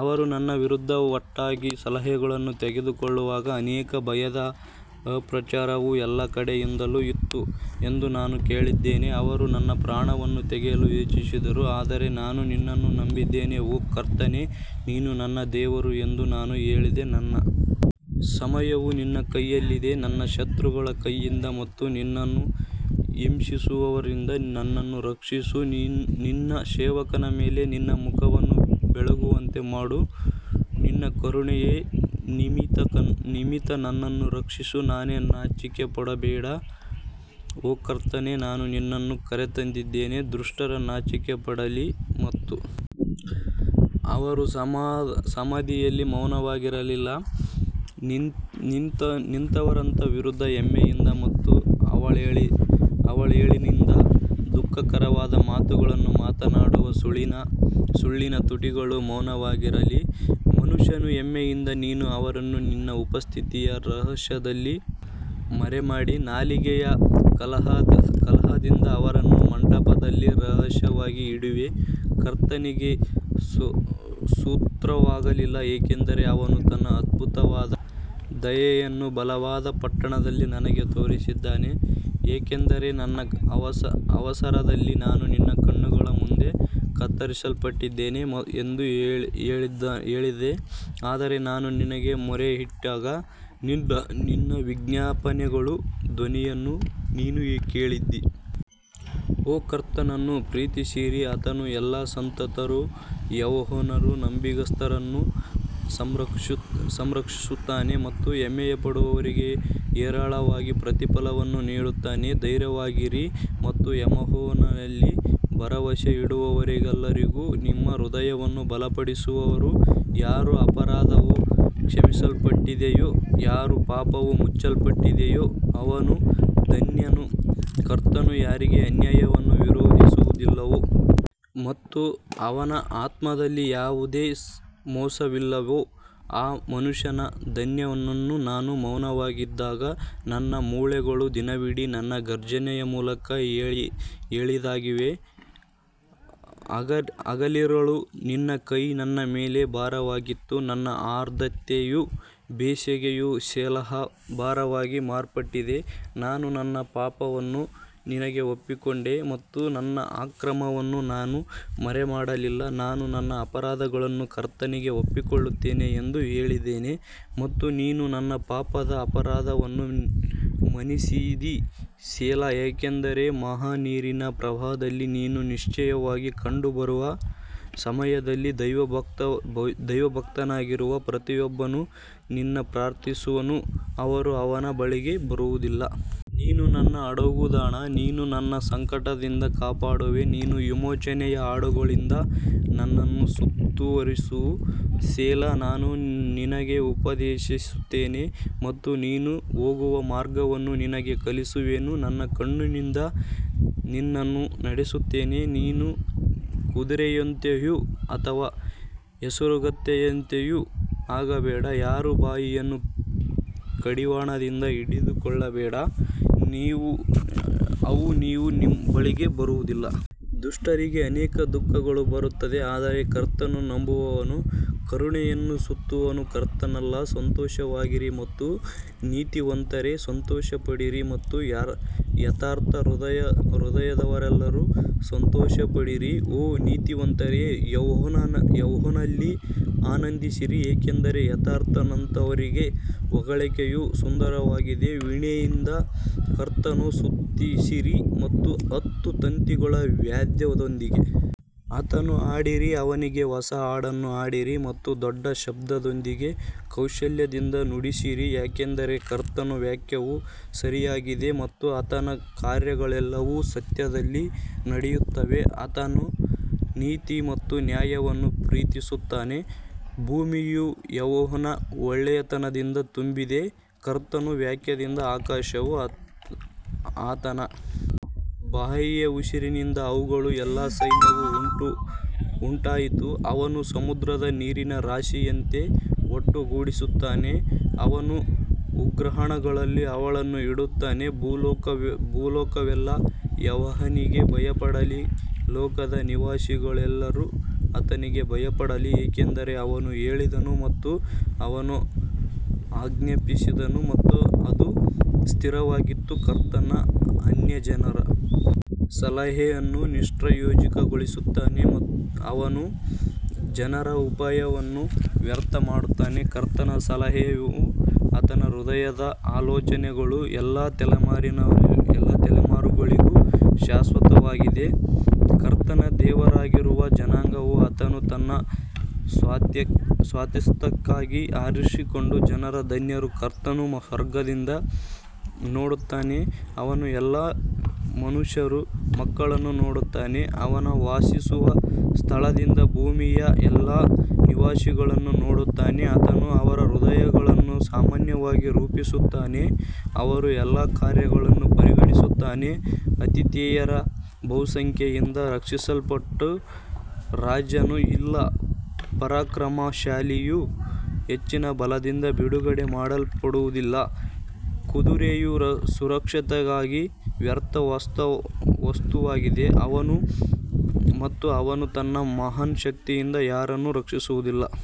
ಅವರು ನನ್ನ ವಿರುದ್ಧ ಒಟ್ಟಾಗಿ ಸಲಹೆಯನ್ನು ತೆಗೆದುಕೊಳ್ಳುವಾಗ ಅನೇಕ ಭಯದ ಅಪಪ್ರಚಾರವು ಎಲ್ಲಾ ಕಡೆಯಿಂದಲೂ ಇತ್ತು ಎಂದು ನಾನು ಕೇಳಿದ್ದೇನೆ, ಅವರು ನನ್ನ ಪ್ರಾಣವನ್ನು ತೆಗೆಯಲು ಯೋಚಿಸಿದರು ಆದರೆ ನಾನು ನಿನ್ನನ್ನು ನಂಬಿದ್ದೇನೆ ಓ ಕರ್ತನೇ, ನೀನು ನನ್ನ ದೇವರು ಎಂದು ನಾನು ಹೇಳಿದೆ ನನ್ನ ಸಮಯವು ನಿನ್ನ ಕೈಯಲ್ಲಿದೆ, ನನ್ನ ಶತ್ರುಗಳ ಕೈಯಿಂದ ಮತ್ತು ನನ್ನನ್ನು ಹಿಂಸಿಸುವವರಿಂದ ನನ್ನನ್ನು ರಕ್ಷಿಸು ನಿನ್ನ ಸೇವಕನ ಮೇಲೆ ನಿನ್ನ ಮುಖವನ್ನು ಬೆಳಗುವಂತೆ ಮಾಡು ನಿನ್ನ ಕರುಣೆಯ ನಿಮಿತ್ತ ನನ್ನನ್ನು ರಕ್ಷಿಸು ನಾನು ನಾಚಿಕೆಪಡಬೇಡ ಓ ಕರ್ತನೇ ನಾನು ನಿನ್ನನ್ನು ಕರೆದಿದ್ದೇನೆ ದುಷ್ಟರು ನಾಚಿಕೆಪಡಲಿ ಮತ್ತು ಅವರು ಸಮಾಧಿಯಲ್ಲಿ ಮೌನವಾಗಿರಲಿ ನೀತಿವಂತರ ವಿರುದ್ಧ ಹೆಮ್ಮೆಯಿಂದ ಮತ್ತು ಅವಹೇಳನದಿಂದ ದುಃಖಕರವಾದ ಮಾತುಗಳನ್ನು ಮಾತನಾಡುವ ಸುಳ್ಳಿನ ತುಟಿಗಳು ಮೌನವಾಗಿರಲಿ ಮನುಷ್ಯನ ಹೆಮ್ಮೆಯಿಂದ ನೀನು ಅವರನ್ನು ನಿನ್ನ ಉಪಸ್ಥಿತಿಯ ರಹಸ್ಯದಲ್ಲಿ ಮರೆಮಾಡಿ, ನಾಲಿಗೆಯ ಕಲಹದಿಂದ ಅವರನ್ನು ಮಂಟಪದಲ್ಲಿ ರಹಸ್ಯವಾಗಿ ಇಡುವೆ ಕರ್ತನಿಗೆ ಸ್ತೋತ್ರವಾಗಲಿ, ಏಕೆಂದರೆ ಅವನು ತನ್ನ ಅದ್ಭುತವಾದ ದಯೆಯನ್ನು ಬಲವಾದ ಪಟ್ಟಣದಲ್ಲಿ ನನಗೆ ತೋರಿಸಿದ್ದಾನೆ ಯಾಕಂದರೆ ನನ್ನ ಅವಸರದಲ್ಲಿ ನಾನು ನಿನ್ನ ಕಣ್ಣುಗಳ ಮುಂದೆ ಕತ್ತರಿಸಲ್ಪಟ್ಟಿದ್ದೇನೆ ಎಂದು ನಾನು ಹೇಳಿದೆ, ಆದರೆ ನಾನು ನಿನಗೆ ಮೊರೆಯಿಟ್ಟಾಗ ನನ್ನ ವಿಜ್ಞಾಪನೆಗಳ ಧ್ವನಿಯನ್ನು ನೀನು ಕೇಳಿದ್ದೀ. ಓ ಕರ್ತನನ್ನು ಪ್ರೀತಿಸಿರಿ, ಆತನ ಎಲ್ಲಾ ಸಂತರು, ಯೆಹೋವನು ನಂಬಿಗಸ್ತರನ್ನು ಸಂರಕ್ಷಿಸುತ್ತಾನೆ ಮತ್ತು ಹೆಮ್ಮೆಪಡುವವರಿಗೆ ಹೇರಳವಾಗಿ ಪ್ರತಿಫಲವನ್ನು ನೀಡುತ್ತಾನೆ ಧೈರ್ಯವಾಗಿರಿ ಮತ್ತು ಯೆಹೋವನಲ್ಲಿ ಭರವಸೆಯಿಡುವವರೆಲ್ಲರೂ ನಿಮ್ಮ ಹೃದಯವನ್ನು ಬಲಪಡಿಸುವರು ಯಾರ ಅಪರಾಧವು ಕ್ಷಮಿಸಲ್ಪಟ್ಟಿದೆಯೋ ಯಾರ ಪಾಪವು ಮುಚ್ಚಲ್ಪಟ್ಟಿದೆಯೋ ಅವನು ಧನ್ಯನು ಕರ್ತನು ಯಾರಿಗೆ ಅನ್ಯಾಯವನ್ನು ವಿಧಿಸುವುದಿಲ್ಲವೋ ಮತ್ತು ಅವನ ಆತ್ಮದಲ್ಲಿ ಯಾವುದೇ ಮೋಸವಿಲ್ಲವೋ ಆ ಮನುಷ್ಯನು ಧನ್ಯನು ನಾನು ಮೌನವಾಗಿದ್ದಾಗ ನನ್ನ ಮೂಳೆಗಳು ದಿನವಿಡೀ ನನ್ನ ಘರ್ಜನೆಯ ಮೂಲಕ ಹಳೆಯದಾಗಿವೆ ಹಗಲಿರುಳು ನಿನ್ನ ಕೈ ನನ್ನ ಮೇಲೆ ಭಾರವಾಗಿತ್ತು ನನ್ನ ಆರ್ದ್ರತೆಯು ಬೇಸಿಗೆಯ ಸೆಲಾಹ್ ಬರವಾಗಿ ಮಾರ್ಪಟ್ಟಿದೆ ನಾನು ನನ್ನ ಪಾಪವನ್ನು ನಿನಗೆ ಒಪ್ಪಿಕೊಂಡೆ ಮತ್ತು ನನ್ನ ಅಕ್ರಮವನ್ನು ನಾನು ಮರೆಮಾಡಲಿಲ್ಲ, ನಾನು ನನ್ನ ಅಪರಾಧಗಳನ್ನು ಕರ್ತನಿಗೆ ಒಪ್ಪಿಕೊಳ್ಳುತ್ತೇನೆ ಎಂದು ಹೇಳಿದ್ದೇನೆ ಮತ್ತು ನೀನು ನನ್ನ ಪಾಪದ ಅಪರಾಧವನ್ನು ಮನ್ನಿಸಿದಿ ಸೆಲಾ ಯಾಕಂದರೆ ಮಹಾನೀರಿನ ಪ್ರವಾಹದಲ್ಲಿ ನೀನು ನಿಶ್ಚಯವಾಗಿ ಕಂಡುಬರುವ ಸಮಯದಲ್ಲಿ ದೈವಭಕ್ತನಾಗಿರುವ ಪ್ರತಿಯೊಬ್ಬನು ನಿನ್ನನ್ನು ಪ್ರಾರ್ಥಿಸುವನು, ಅವರು ಅವನ ಬಳಿಗೆ ಬರುವುದಿಲ್ಲ. ನೀನು ನನ್ನ ಅಡಗುದಾಣ ನೀನು ನನ್ನನ್ನು ಸಂಕಟದಿಂದ ಕಾಪಾಡುವೆ ನೀನು ವಿಮೋಚನೆಯ ಹಾಡುಗಳಿಂದ ನನ್ನನ್ನು ಸುತ್ತುವರಿಸು ಸೆಲಾ ನಾನು ನಿನಗೆ ಉಪದೇಶಿಸುತ್ತೇನೆ ಮತ್ತು ನೀನು ಹೋಗುವ ಮಾರ್ಗವನ್ನು ನಿನಗೆ ಕಲಿಸುವೆನು, ನನ್ನ ಕಣ್ಣಿನಿಂದ ನಿನ್ನನ್ನು ನಡೆಸುತ್ತೇನೆ ನೀವು ಕುದುರೆಯಂತೆಯೂ ಅಥವಾ ಹೇಸರಗತ್ತೆಯಂತೆಯೂ ಆಗಬೇಡಿ, ಯಾರ ಬಾಯಿಯನ್ನು ಕಡಿವಾಣದಿಂದ ಹಿಡಿದುಕೊಳ್ಳಬೇಕು, ಅವು ನಿಮ್ಮ ಬಳಿಗೆ ಬರುವುದಿಲ್ಲ. ದುಷ್ಟರಿಗೆ ಅನೇಕ ದುಃಖಗಳು ಬರುತ್ತವೆ ಆದರೆ ಕರ್ತನನ್ನು ನಂಬುವವನು ಕರುಣೆಯನ್ನು ಸುತ್ತುವನು ಕರ್ತನಲ್ಲಿ ಸಂತೋಷವಾಗಿರಿ ಮತ್ತು ನೀತಿವಂತರೇ ಸಂತೋಷಪಡಿರಿ ಮತ್ತು ಯಥಾರ್ಥ ಹೃದಯದವರೆಲ್ಲರೂ ಸಂತೋಷಪಡಿರಿ. ಓ ನೀತಿವಂತರೇ, ಯೆಹೋವನಲ್ಲಿ ಆನಂದಿಸಿರಿ, ಏಕೆಂದರೆ ಯಥಾರ್ಥವಂತರಿಗೆ ಹೊಗಳಿಕೆಯು ಸುಂದರವಾಗಿದೆ ವೀಣೆಯಿಂದ ಕರ್ತನನ್ನು ಸ್ತುತಿಸಿರಿ ಮತ್ತು ಹತ್ತು ತಂತಿಗಳ ವಾದ್ಯದೊಂದಿಗೆ ಆತನನ್ನು ಹಾಡಿರಿ ಅವನಿಗೆ ಹೊಸ ಹಾಡನ್ನು ಹಾಡಿರಿ ಮತ್ತು ದೊಡ್ಡ ಶಬ್ದದೊಂದಿಗೆ ಕೌಶಲ್ಯದಿಂದ ನುಡಿಸಿರಿ ಯಾಕಂದರೆ ಕರ್ತನ ವಾಕ್ಯವು ಸರಿಯಾಗಿದೆ ಮತ್ತು ಆತನ ಕಾರ್ಯಗಳೆಲ್ಲವೂ ಸತ್ಯದಲ್ಲಿ ನಡೆಯುತ್ತವೆ ಆತನು ನೀತಿ ಮತ್ತು ನ್ಯಾಯವನ್ನು ಪ್ರೀತಿಸುತ್ತಾನೆ, ಭೂಮಿಯು ಯೆಹೋವನ ಒಳ್ಳೆಯತನದಿಂದ ತುಂಬಿದೆ ಕರ್ತನ ವಾಕ್ಯದಿಂದ ಆಕಾಶವೂ ಆತನ ಬಾಯಿಯ ಉಸಿರಿನಿಂದ ಅವುಗಳ ಎಲ್ಲಾ ಸೈನ್ಯವೂ ಉಂಟಾಯಿತು ಅವನು ಸಮುದ್ರದ ನೀರನ್ನು ರಾಶಿಯಂತೆ ಒಟ್ಟುಗೂಡಿಸುತ್ತಾನೆ, ಅವನು ಉಗ್ರಾಣಗಳಲ್ಲಿ ಆಳವನ್ನು ಇಡುತ್ತಾನೆ ಭೂಲೋಕವೆಲ್ಲಾ ಯೆಹೋವನಿಗೆ ಭಯಪಡಲಿ, ಲೋಕದ ನಿವಾಸಿಗಳೆಲ್ಲರೂ ಆತನಿಗೆ ಭಯಪಡಲಿ ಯಾಕಂದರೆ ಅವನು ಹೇಳಿದನು ಮತ್ತು ಅವನು ಆಜ್ಞಾಪಿಸಿದನು ಮತ್ತು ಅದು ಸ್ಥಿರವಾಯಿತು ಕರ್ತನು ಅನ್ಯಜನರ ಸಲಹೆಯನ್ನು ನಿಷ್ಪ್ರಯೋಜಕಗೊಳಿಸುತ್ತಾನೆ, ಅವನು ಜನರ ಉಪಾಯಗಳನ್ನು ವ್ಯರ್ಥ ಮಾಡುತ್ತಾನೆ ಕರ್ತನ ಸಲಹೆಯು ಆತನ ಹೃದಯದ ಆಲೋಚನೆಗಳು ಎಲ್ಲಾ ತಲೆಮಾರುಗಳಿಗೂ ಶಾಶ್ವತವಾಗಿದೆ ಕರ್ತನ ದೇವರಾಗಿರುವ ಜನಾಂಗವೂ ಆತನು ತನ್ನ ಸ್ವಾಸ್ತ್ಯಕ್ಕಾಗಿ ಆರಿಸಿಕೊಂಡ ಜನರೂ ಧನ್ಯರು ಕರ್ತನು ಸ್ವರ್ಗದಿಂದ ನೋಡುತ್ತಾನೆ ಅವನು ಎಲ್ಲಾ ಮನುಷ್ಯರ ಮಕ್ಕಳನ್ನು ನೋಡುತ್ತಾನೆ ಅವನು ವಾಸಿಸುವ ಸ್ಥಳದಿಂದ ಭೂಮಿಯ ಎಲ್ಲಾ ನಿವಾಸಿಗಳನ್ನು ನೋಡುತ್ತಾನೆ ಆತನು ಅವರ ಹೃದಯಗಳನ್ನು ಸಮಾನವಾಗಿ ರೂಪಿಸುತ್ತಾನೆ, ಅವರ ಎಲ್ಲಾ ಕಾರ್ಯಗಳನ್ನು ಪರಿಗಣಿಸುತ್ತಾನೆ ಆತಿಥೇಯರ ಬಹುಸಂಖ್ಯೆಯಿಂದ ರಕ್ಷಿಸಲ್ಪಟ್ಟ ರಾಜನು ಇಲ್ಲ, ಪರಾಕ್ರಮಶಾಲಿಯು ಹೆಚ್ಚಿನ ಬಲದಿಂದ ಬಿಡುಗಡೆ ಮಾಡಲ್ಪಡುವುದಿಲ್ಲ ಕುದುರೆಯು ಸುರಕ್ಷತೆಗಾಗಿ ವ್ಯರ್ಥ ವಸ್ತುವಾಗಿದೆ ಮತ್ತು ಅವನು ತನ್ನ ಮಹಾನ್ ಶಕ್ತಿಯಿಂದ ಯಾರನ್ನೂ ರಕ್ಷಿಸುವುದಿಲ್ಲ.